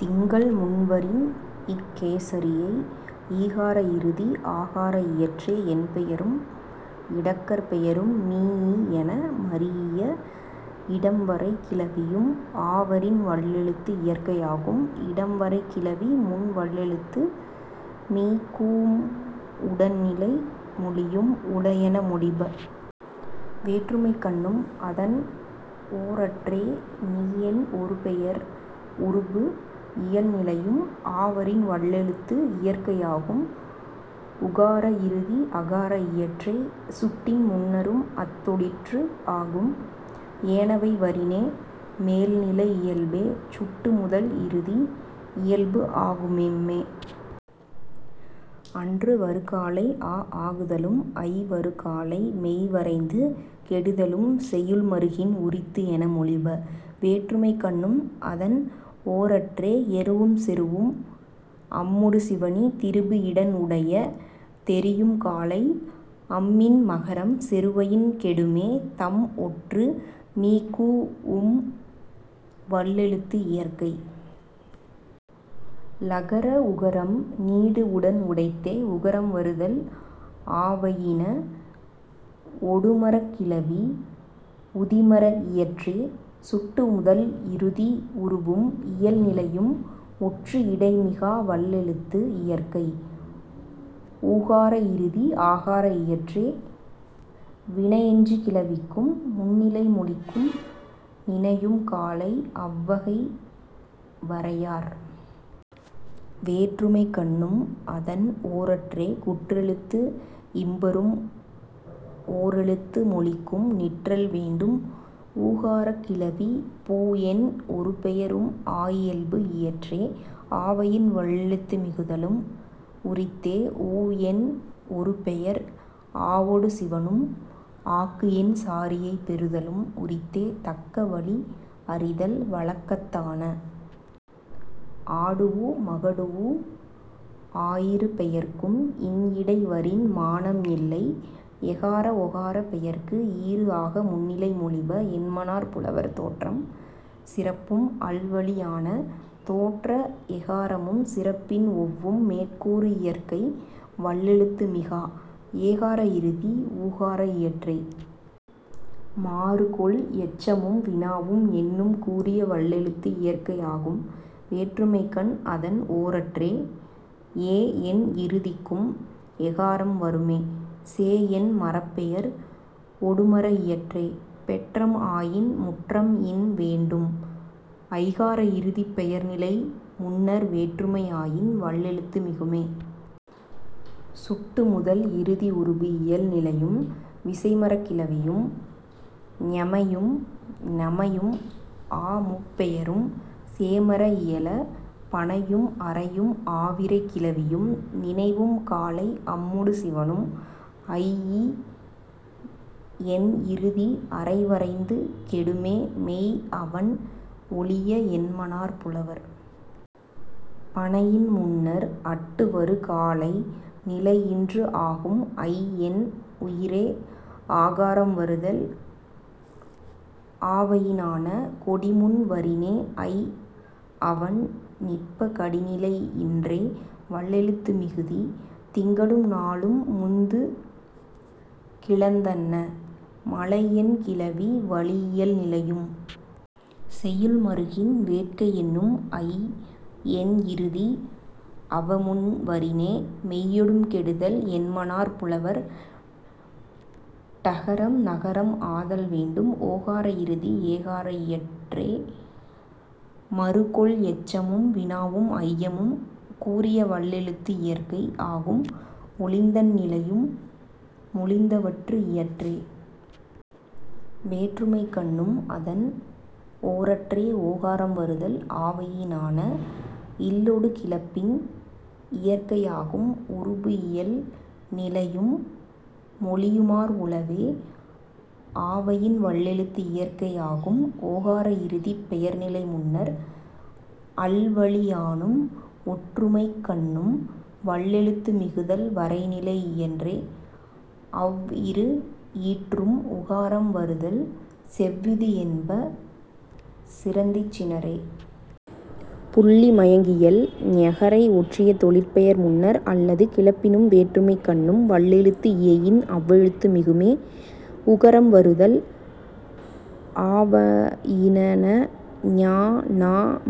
திங்கள் முன் வரின் இக்கே சாரியை. ஈகார இறுதி ஆகார இயற்றே. நீ என் பெயரும் இடக்கர்ப் பெயரும் மீ என மரீஇய இடம் வரை கிளவியும் ஆவயின் வல்லெழுத்து இயற்கை ஆகும். இடம் வரை கிளவி முன் வல்லெழுத்து மிகூஉம் உடன் நிலை மொழியும் உள என மொழிப. வேற்றுமைக்கண்ணும் அதன் ஓரற்றே. நீ என் ஒரு பெயர் உருபு இயல் நிலையும் ஆவயின் வல்லெழுத்து இயற்கை ஆகும். உகர இறுதி அகர இயற்றே. சுட்டின் முன்னரும் அத் தொழிற்று ஆகும். ஏனவை வரினே மேல் நிலை இயல்பே. சுட்டு முதல் இறுதி இயல்பு ஆகும்மே. அன்று வரு காலை ஆ ஆகுதலும் ஐ வரு காலை மெய் வரைந்து கெடுதலும் செய்யுள் மருங்கின் உரித்து என மொழிப. வேற்றுமைக்கண்ணும் அதன் ஓரற்றே. எருவும் செருவும் அம்மொடு சிவணி திரிபு இடன் உடைய தெரியும் காலை அம்மின் மகரம் செருவயின் கெடுமே தம் ஒற்று மிகூஉம் வல்லெழுத்து இயற்கை. ழகர உகரம் நீடு இடன் உடைத்தே உகரம் வருதல் ஆவயினான. ஒடுமரக் கிளவி உதி மர இயற்றே. சுட்டு முதல் இறுதி உருபு இயல் நிலையும் ஒற்று இடை மிகா வல்லெழுத்து இயற்கை. ஊகார இறுதி ஆகார இயற்றே. வினையெஞ்சுகிளவிக்கும் முன்னிலை மொழிக்கும் நினையும் காலை அவ் வகை வரையார். வேற்றுமைக்கண்ணும் அதன் ஓரற்றே. குற்றெழுத்து இம்பரும் ஓரெழுத்து மொழிக்கும் நிற்றல் வேண்டும் உகரக் கிளவி. பூ என் ஒரு பெயர் ஆயியல்பு இன்றே ஆவயின் வல்லெழுத்து மிகுதலும் உரித்தே. ஊ என் ஒரு பெயர் ஆவொடு சிவணும். அக்கு என் சாரியை பெறுதலும் உரித்தே தக்க வழி அறிதல் வழக்கத்தான. ஆடூஉ மகடூஉ ஆயிரு பெயர்க்கும் இன் இடை வரினும் மானம் இல்லை. எகர ஒகரம் பெயர்க்கு ஈறு ஆகா முன்னிலை மொழிய என்மனார் புலவர் தேற்றமும் சிறப்பும் அல் வழியான. தேற்ற எகரமும் சிறப்பின் ஒவ்வும் மேற் கூறு இயற்கை வல்லெழுத்து மிகா. ஏகார இறுதி ஊகார இயற்றே. மாறு கொள் எச்சமும் வினாவும் எண்ணும் கூறிய வல்லெழுத்து இயற்கை ஆகும். வேற்றுமைக்கண்ணும் அதன் ஓரற்றே. ஏ என் இறுதிக்கு எகரம் வருமே. சே என் மரப்பெயர் ஒடுமர இயற்றே. பெற்றம் ஆயின் முற்ற இன் வேண்டும். ஐகார இறுதிப் பெயர்நிலை முன்னர் வேற்றுமை ஆயின் வல்லெழுத்து மிகுமே. சுட்டு முதல் இறுதி உருபு இயல் நிலையும். விசைமரக் கிளவியும் ஞெமையும் நமையும் ஆ முப் பெயரும் சேமர இயல. பனையும் அரையும் ஆவிரைக் கிளவியும் நினையும் காலை அம்மொடு சிவணும் ஐ என் இறுதி அரை வரைந்து கெடுமே மெய் அவண் ஒழிய என்மனார் புலவர். பனையின் முன்னர் அட்டு வரு காலை நிலை இன்று ஆகும் ஐ என் உயிரே ஆகாரம் வருதல் ஆவயினான. கொடி முன் வரினே ஐ அவண் நிற்ப கடி நிலை இன்றே வல்லெழுத்து மிகுதி. திங்களும் நாளும் முந்து கிளந்தன்ன. மழை என் கிளவி வளி இயல் நிலையும். செய்யுள் மருங்கின் வேட்கை என்னும் ஐ என் இறுதி அவா முன் வரினே மெய்யொடும் கெடுதல் என்மனார் புலவர் டகாரம் ணகாரம் ஆதல் வேண்டும். ஓகார இறுதி ஏகார இயற்றே. மாறு கொள் எச்சமும் வினாவும் ஐயமும் கூறிய வல்லெழுத்து இயற்கை ஆகும். ஒழிந்ததன் நிலையும் மொழிந்தவற்று இயற்றே. வேற்றுமைக்கண்ணும் அதன் ஓரற்றே ஒகரம் வருதல் ஆவயினான. இல்லொடு கிளப்பின் இயற்கை ஆகும். உருபு இயல் நிலையும் மொழியுமார் உளவே ஆவயின் வல்லெழுத்து இயற்கை ஆகும். ஔகார இறுதிப் பெயர்நிலை முன்னர் அல்வழியானும் ஒற்றுமைக்கண்ணும் வல்லெழுத்து மிகுதல் வரை நிலை இன்றே அவ் இரு ஈற்றும் உகாரம் வருதல் செவ்விது என்ப சிறந்திசினோரே... புள்ளிமயங்கியல் ஞகாரை ஒற்றிய தொழிற்பெயர் முன்னர் அல்லது கிளப்பினும் வேற்றுமைக்கண்ணும் வல்லெழுத்து இயையின் அவ் எழுத்து மிகுமே உகரம் வருதல் ஆவயினான. ஞ ந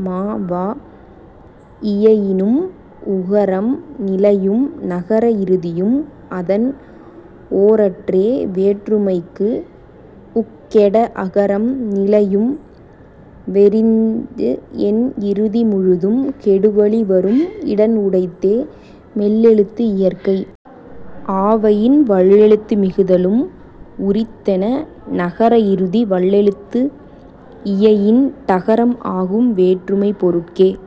ம வ இயையினும் உகரம் நிலையும். நகர இறுதியும் அதன் ஓரற்றே. வேற்றுமைக்கு உக் கெட அகரம் நிலையும். வெரிந் என் இறுதி முழுதும் கெடுவழி வரும் இடன் உடைத்தே மெல்லெழுத்து இயற்கை. ஆவயின் வல்லெழுத்து மிகுதலும் உரித்தே. ணகார இறுதி வல்லெழுத்து இயையின் டகாரம் ஆகும் வேற்றுமைப் பொருட்கே.